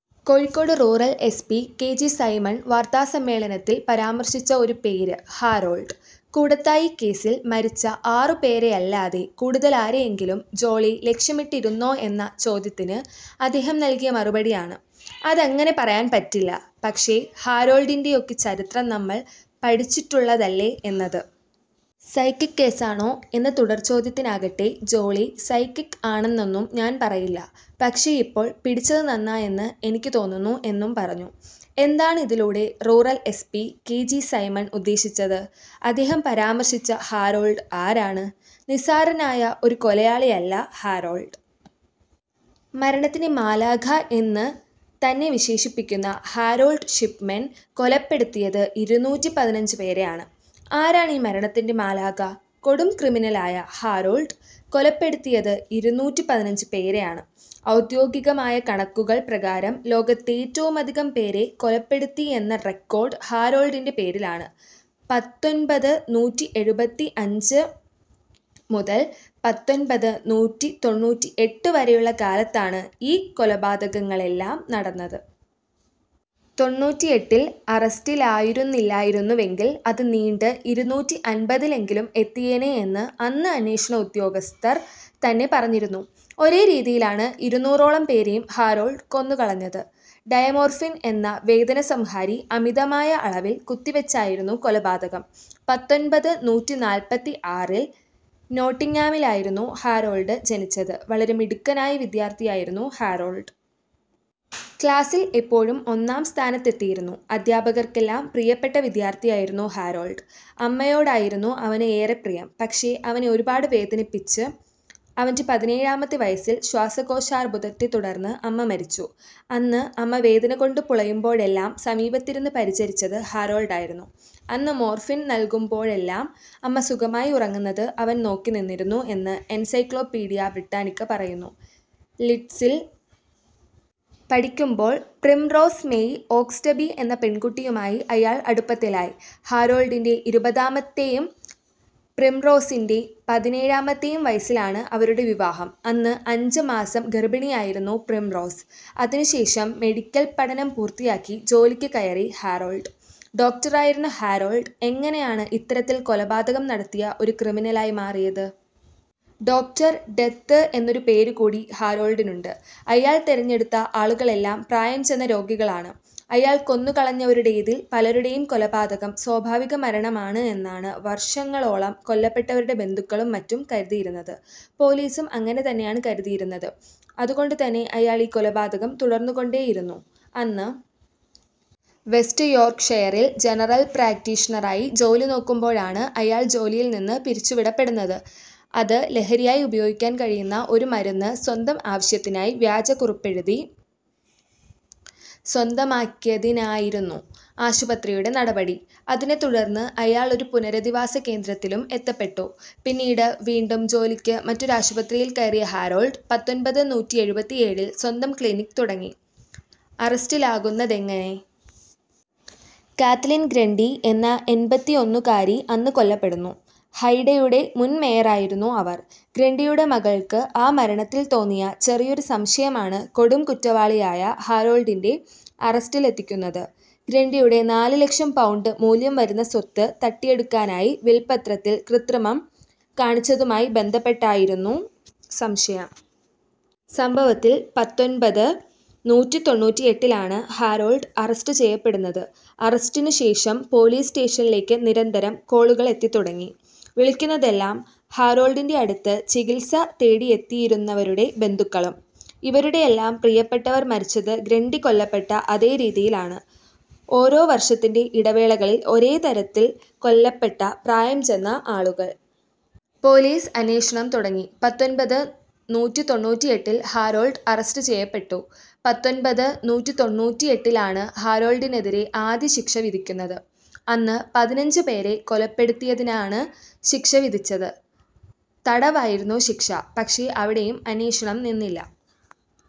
Kozhikode rural S P K G Simon വാർത്താസമ്മേളനത്തിൽ പരാമർശിച്ച ഒരു പേര് ഹാരോൾഡ്. കൂടത്തായി കേസിൽ മരിച്ച ആറു പേരെയല്ലാതെ കൂടുതലാരെയെങ്കിലും ജോളി ലക്ഷ്യമിട്ടിരുന്നോ എന്ന ചോദ്യത്തിന് അദ്ദേഹം നൽകിയ മറുപടിയാണ്, അതങ്ങനെ പറയാൻ പറ്റില്ല. പക്ഷേ, ഹാരോൾഡിൻ്റെയൊക്കെ ചരിത്രം നമ്മൾ പഠിച്ചിട്ടുള്ളതല്ലേ എന്നത്. സൈക്കിക് കേസാണോ എന്ന തുടർചോദ്യത്തിനാകട്ടെ, ജോളി സൈക്കിക്ക് ആണെന്നൊന്നും ഞാൻ പറയില്ല, പക്ഷേ, ഇപ്പോൾ പിടിച്ചത് നന്നായെന്ന് എനിക്ക് തോന്നുന്നു എന്നും പറഞ്ഞു. എന്താണ് ഇതിലൂടെ rural S P K G Simon ഉദ്ദേശിച്ചത്. അദ്ദേഹം പരാമർശിച്ച ഹാരോൾഡ് ആരാണ്. നിസ്സാരനായ ഒരു കൊലയാളിയല്ല ഹാരോൾഡ്. മരണത്തിൻ്റെ മാലാഖ എന്ന് തന്നെ വിശേഷിപ്പിക്കുന്ന ഹാരോൾഡ് ഷിപ്മെൻ കൊലപ്പെടുത്തിയത് ഇരുനൂറ്റി പതിനഞ്ച് പേരെയാണ്. ആരാണ് ഈ മരണത്തിൻ്റെ മാലാഖ. കൊടുംക്രിമിനലായ ഹാരോൾഡ് കൊലപ്പെടുത്തിയത് ഇരുനൂറ്റി പതിനഞ്ച് പേരെയാണ്. ഔദ്യോഗികമായ കണക്കുകൾ പ്രകാരം ലോകത്തേറ്റവുമധികം പേരെ കൊലപ്പെടുത്തിയെന്ന റെക്കോർഡ് ഹാരോൾഡിൻ്റെ പേരിലാണ്. പത്തൊൻപത് നൂറ്റി എഴുപത്തിയഞ്ച് മുതൽ പത്തൊൻപത് നൂറ്റി തൊണ്ണൂറ്റിയെട്ട് വരെയുള്ള കാലത്താണ് ഈ കൊലപാതകങ്ങളെല്ലാം നടന്നത്. തൊണ്ണൂറ്റിയെട്ടിൽ അറസ്റ്റിലായിരുന്നില്ലായിരുന്നുവെങ്കിൽ അത് നീണ്ട് ഇരുന്നൂറ്റി അൻപതിലെങ്കിലും എത്തിയേനെ എന്ന് അന്ന് അന്വേഷണ ഉദ്യോഗസ്ഥർ തന്നെ പറഞ്ഞിരുന്നു. ഒരേ രീതിയിലാണ് ഇരുന്നൂറോളം പേരെയും ഹാരോൾഡ് കൊന്നുകളഞ്ഞത്. ഡയമോർഫിൻ എന്ന വേദനസംഹാരി അമിതമായ അളവിൽ കുത്തിവെച്ചായിരുന്നു കൊലപാതകം. പത്തൊൻപത് നൂറ്റി നാല്പത്തിയാറിൽ നോട്ടിങ്ങാമിലായിരുന്നു ഹാരോൾഡ് ജനിച്ചത്. വളരെ മിടുക്കനായ വിദ്യാർഥിയായിരുന്നു ഹാരോൾഡ്. ക്ലാസിൽ എപ്പോഴും ഒന്നാം സ്ഥാനത്തെത്തിയിരുന്നു. അധ്യാപകർക്കെല്ലാം പ്രിയപ്പെട്ട വിദ്യാർഥിയായിരുന്നു ഹാരോൾഡ്. അമ്മയോടായിരുന്നു അവന് ഏറെ പ്രിയം. പക്ഷേ, അവനെ ഒരുപാട് വേദനിപ്പിച്ച് അവൻ്റെ പതിനേഴാമത്തെ വയസ്സിൽ ശ്വാസകോശാർബുദത്തെ തുടർന്ന് അമ്മ മരിച്ചു. അന്ന് അമ്മ വേദനകൊണ്ട് പുളയുമ്പോഴെല്ലാം സമീപത്തിരുന്ന് പരിചരിച്ചത് ഹാരോൾഡായിരുന്നു. അന്ന് മോർഫിൻ നൽകുമ്പോഴെല്ലാം അമ്മ സുഖമായി ഉറങ്ങുന്നത് അവൻ നോക്കിനിന്നിരുന്നു എന്ന് എൻസൈക്ലോപീഡിയ ബ്രിട്ടാനിക്ക പറയുന്നു. ലീഡ്സിൽ പഠിക്കുമ്പോൾ പ്രിംറോസ് മേയ് ഓക്സ്റ്റബി എന്ന പെൺകുട്ടിയുമായി അയാൾ അടുപ്പത്തിലായി. ഹാരോൾഡിൻ്റെ ഇരുപതാമത്തെയും പ്രിംറോസിൻ്റെ പതിനേഴാമത്തെയും വയസ്സിലാണ് അവരുടെ വിവാഹം. അന്ന് അഞ്ച് മാസം ഗർഭിണിയായിരുന്നു പ്രിംറോസ്. അതിനുശേഷം മെഡിക്കൽ പഠനം പൂർത്തിയാക്കി ജോലിക്ക് കയറി ഹാരോൾഡ്. ഡോക്ടറായിരുന്ന ഹാരോൾഡ് എങ്ങനെയാണ് ഇത്തരത്തിൽ കൊലപാതകം നടത്തിയ ഒരു ക്രിമിനലായി മാറിയത്. ഡോക്ടർ ഡെത്ത് എന്നൊരു പേര് കൂടി ഹാരോൾഡിനുണ്ട്. അയാൾ തെരഞ്ഞെടുത്ത ആളുകളെല്ലാം പ്രായം ചെന്ന രോഗികളാണ്. അയാൾ കൊന്നുകളഞ്ഞവരുടേതിൽ പലരുടെയും കൊലപാതകം സ്വാഭാവിക മരണമാണ് എന്നാണ് വർഷങ്ങളോളം കൊല്ലപ്പെട്ടവരുടെ ബന്ധുക്കളും മറ്റും കരുതിയിരുന്നത്. പൊലീസും അങ്ങനെ തന്നെയാണ് കരുതിയിരുന്നത്. അതുകൊണ്ടുതന്നെ അയാൾ ഈ കൊലപാതകം തുടർന്നുകൊണ്ടേയിരുന്നു. അന്ന് വെസ്റ്റ് യോർക്ക്ഷയറിൽ ജനറൽ പ്രാക്ടീഷണറായി ജോലിനോക്കുമ്പോഴാണ് അയാൾ ജോലിയിൽ നിന്ന് പിരിച്ചുവിടപ്പെടുന്നത്. അത് ലഹരിയായി ഉപയോഗിക്കാൻ കഴിയുന്ന ഒരു മരുന്ന് സ്വന്തം ആവശ്യത്തിനായി വ്യാജ കുറിപ്പെഴുതി സ്വന്തമാക്കിയതിനായിരുന്നു ആശുപത്രിയുടെ നടപടി. അതിനെത്തുടർന്ന് അയാൾ ഒരു പുനരധിവാസകേന്ദ്രത്തിലും എത്തപ്പെട്ടു. പിന്നീട് വീണ്ടും ജോലിക്ക് മറ്റൊരാശുപത്രിയിൽ കയറിയ ഹാരോൾഡ് പത്തൊൻപത് നൂറ്റി എഴുപത്തിയേഴിൽ സ്വന്തം ക്ലിനിക്ക് തുടങ്ങി. അറസ്റ്റിലാകുന്നതെങ്ങനെ. കാത്‌ലീൻ ഗ്രണ്ടി എന്ന എൺപത്തിയൊന്നുകാരി അന്ന് കൊല്ലപ്പെടുന്നു. ഹൈഡെയുടെ മുൻ മേയറായിരുന്നു അവർ. ഗ്രണ്ടിയുടെ മകൾക്ക് ആ മരണത്തിൽ തോന്നിയ ചെറിയൊരു സംശയമാണ് കൊടുംകുറ്റവാളിയായ ഹാരോൾഡിൻ്റെ അറസ്റ്റിലെത്തിക്കുന്നത്. ഗ്രണ്ടിയുടെ നാല് ലക്ഷം പൗണ്ട് മൂല്യം വരുന്ന സ്വത്ത് തട്ടിയെടുക്കാനായി വിൽപത്രത്തിൽ കൃത്രിമം കാണിച്ചതുമായി ബന്ധപ്പെട്ടായിരുന്നു സംശയം. സംഭവത്തിൽ പത്തൊൻപത് നൂറ്റി തൊണ്ണൂറ്റിയെട്ടിലാണ് ഹാരോൾഡ് അറസ്റ്റ് ചെയ്യപ്പെടുന്നത്. അറസ്റ്റിനുശേഷം പൊലീസ് സ്റ്റേഷനിലേക്ക് നിരന്തരം കോളുകളെത്തിത്തുടങ്ങി. വിളിക്കുന്നതെല്ലാം ഹാരോൾഡിൻ്റെ അടുത്ത് ചികിത്സ തേടിയെത്തിയിരുന്നവരുടെ ബന്ധുക്കളും. ഇവരുടെയെല്ലാം പ്രിയപ്പെട്ടവർ മരിച്ചത് ഗ്രണ്ടി കൊല്ലപ്പെട്ട അതേ രീതിയിലാണ്. ഓരോ വർഷത്തിൻ്റെ ഇടവേളകളിൽ ഒരേ തരത്തിൽ കൊല്ലപ്പെട്ട പ്രായം ചെന്ന ആളുകൾ. പൊലീസ് അന്വേഷണം തുടങ്ങി. പത്തൊൻപത് നൂറ്റി തൊണ്ണൂറ്റിയെട്ടിൽ ഹാരോൾഡ് അറസ്റ്റ് ചെയ്യപ്പെട്ടു. പത്തൊൻപത് നൂറ്റി തൊണ്ണൂറ്റിയെട്ടിലാണ് ഹാരോൾഡിനെതിരെ ആദ്യശിക്ഷ വിധിക്കുന്നത്. അന്ന് പതിനഞ്ച് പേരെ കൊലപ്പെടുത്തിയതിനാണ് ശിക്ഷ വിധിച്ചത്. തടവായിരുന്നു ശിക്ഷ. പക്ഷേ, അവിടെയും അന്വേഷണം നിന്നില്ല.